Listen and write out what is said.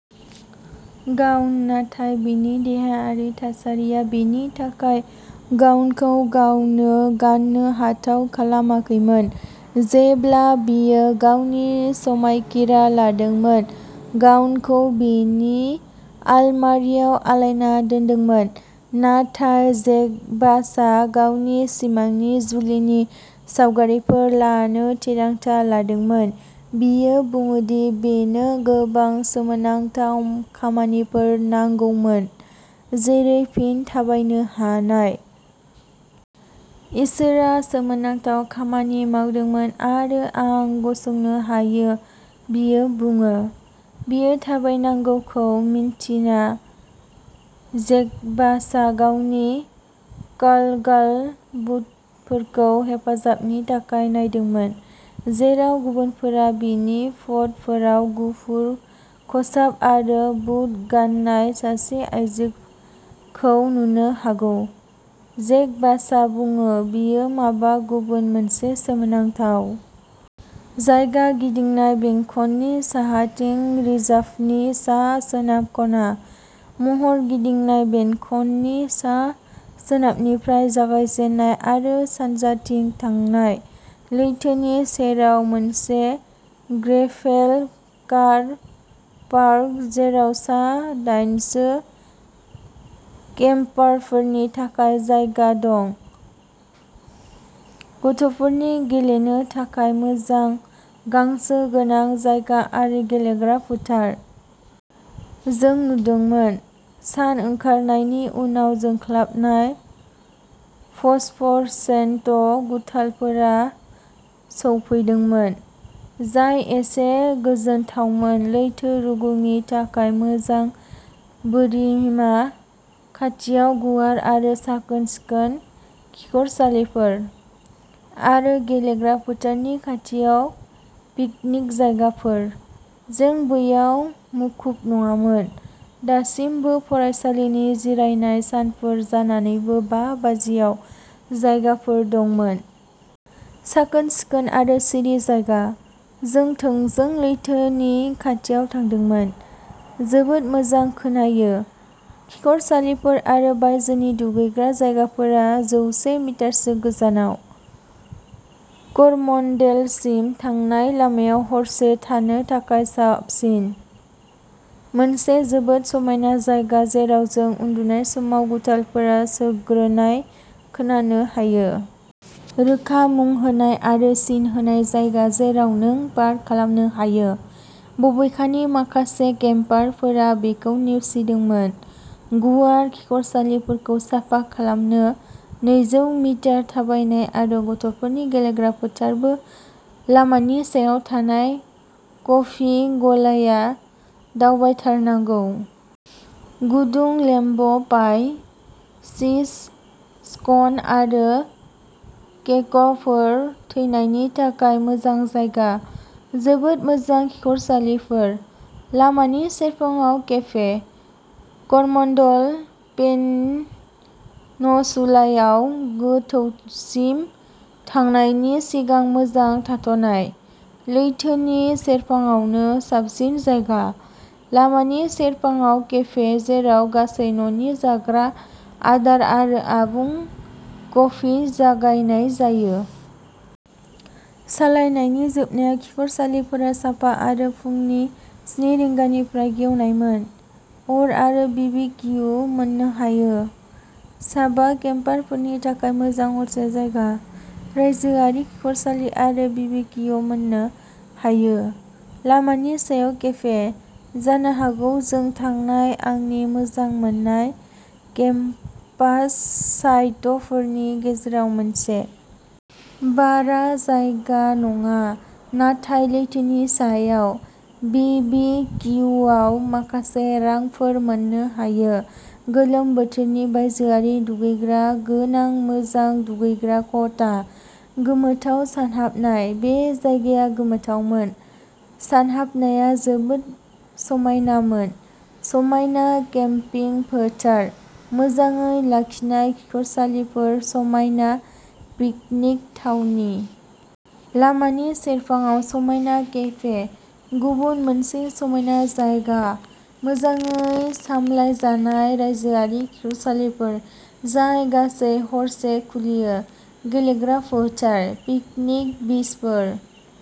Gown, नाथाय बिनि देहायारि थासारिया बिनि थाखाय गाउनखौ गावनो गाननो हाथाव खालामाखैमोन। जेब्ला बियो गावनि समायखिरा लादोंमोन, गाउनखौ बिनि आलमारिआव आलायना दोनदोंमोन। नाथाय जेकबासआ गावनि सिमांनि जुलिनि सावगारिफोर लानो थिरांथा लादोंमोन। बियो बुङो दि बिनो गोबां सोमोनांथाव खामानिफोर नांगौमोन जेरै फिन थाबायनो हानाय। इसोरआ सोमोनांथाव खामानि मावदोंमोन आरो आं गसंनो हायो बियो बुङो। बियो थाबायनांगौखौ मिन्थिना, जेकबासआ गावनि काउगार्ल बुटफोरखौ हेफाजाबनि थाखाय नायदोंमोन। जेराव गुबुनफोरा बिनि फट'फोराव गुफुर खसाब आरो बुट गाननाय सासे आयजोखौ नुनो हागौ, जेकबासआ बुङो बियो माबा गुबुन मोनसे सोमोनांथाव। जायगा-गिदिंनाय बेंखननि साहाथिं रिजार्भनि सा-सोनाब खना। महर-गिदिंनाय बेंखननि सा-सोनाबनिफ्राय जागायजेननाय आरो सानजाथिं थांनाय। लैथोनि सेराव मोनसे ग्रेभेल कार पार्क, जेराव सा-दाइनसो केम्पारफोरनि थाखाय जायगा दं। गथ'फोरनि गेलेनो थाखाय मोजां गांसो गोनां जायगा आरो गेलेग्रा फोथार। जों नुदोंमोन। सान ओंखारनायनि उनाव जोंख्लाबनाय फस्फरसेन्ट गुथालफोरा सौफैदोंमोन, जाय एसे गोजोनथावमोन लैथो रुगुंनि थाखाय मोजां बोरिमा, खाथियाव गुवार आरो साखोन-सिखोन खिखरसालिफोर, आरो गेलेग्रा फोथारनि खाथियाव पिकनिकनि जायगाफोर। जों बैयाव मुखुब नङामोन, दासिमबो फरायसालिनि जिरायनाय सानफोर जानानैबो बा बाजियाव जायगाफोर दंमोन। साखोन-सिखोन आरो सिरि जायगा, जों थोंजों लैथोनि खाथियाव थादोंमोन, जोबोद मोजां खोनायो! खिखरसालिफोर आरो बायजोनि दुगैग्रा जायगाफोरा जौसे मिटारसो गोजानाव, कर'मण्डेलसिम थांनाय लामायाव हरसे थानो थाखाय साबसिन। मोनसे जोबोद समायना जायगा जेराव नों उन्दुनाय समाव गुथालफोरा सौग्रोनाय खोनानो हायो। रोखा मुं होनाय आरो सिन होनाय जायगा जेराव नों पार्क खालामनो हायो, बबेखानि माखासे केम्पारफोरा बेखौ नेवसिदोंमोन। गुवार खिखरसालिफोरखौ साफा खालामनो नैजौ मिटार थाबायनाय आरो गथ'फोरनि गेलेग्रा फोथारबो। लामानि सायाव थानाय कफि गलाया दावबायथारनांगौ। गुदुं लेम्ब पाइ, चीज स्कन आरो केकफोर। थैनायनि थाखाय मोजां जायगा। जोबोद मोजां खिखरसालिफोर, लामानि सेरफाङाव केफे। करमन्डल पेनिनसुलायाव गोथौसिम थांनायनि सिगां मोजां थाथ'नाय। लैथोनि सेरफाङावनो साबसिन जायगा। लामानि सेरफाङाव केफे जेराव गासै न'नि जाग्रा आदार आरो आबुं कफि जगायनाय जायो। सालायनायनि जोबनायाव खिखरसालिफोरा साफा आरो फुंनि स्नि रिंगानिफ्राय गेवनायमोन। अर आरो बिबिकियु मोननो हायो। सा बा केम्पारफोरनि थाखाय मोजां हरसे जायगा। रायजोआरि खिखरसालि आरो बिबिक्यु मोननो हायो। लामानि सायाव केफे। जानो हागौ जों थांनाय आंनि मोजां मोननाय केम्पसाइटफोरनि गेजेराव मोनसे। बारा जायगा नङा नाथाय लैथोनि सायाव! बिबिकियुआव माखासे रांफोर मोननो हायो। गोलोम बोथोरनि बायजोआरि दुगैग्रा गोनां मोजां दुगैग्रा खथा। गोमोथाव सानहाबनाय। बे जायगाया गोमोथावमोन, सानहाबनाया जोबोद समायनामोन। समायना केम्पिं फोथार, मोजाङै लाखिनाय खिखरसालिफोर समायना पिकनिक थावनि। लामानि सेरफाङाव समायना केफे। गुबुन मोनसे समायना जायगा। मोजाङै सामलायजानाय रायजोआरि खिखरसालिफोर जाय गासै हरसे खुलियो, गेलेग्रा फोथार, पिकनिक बिचफोर।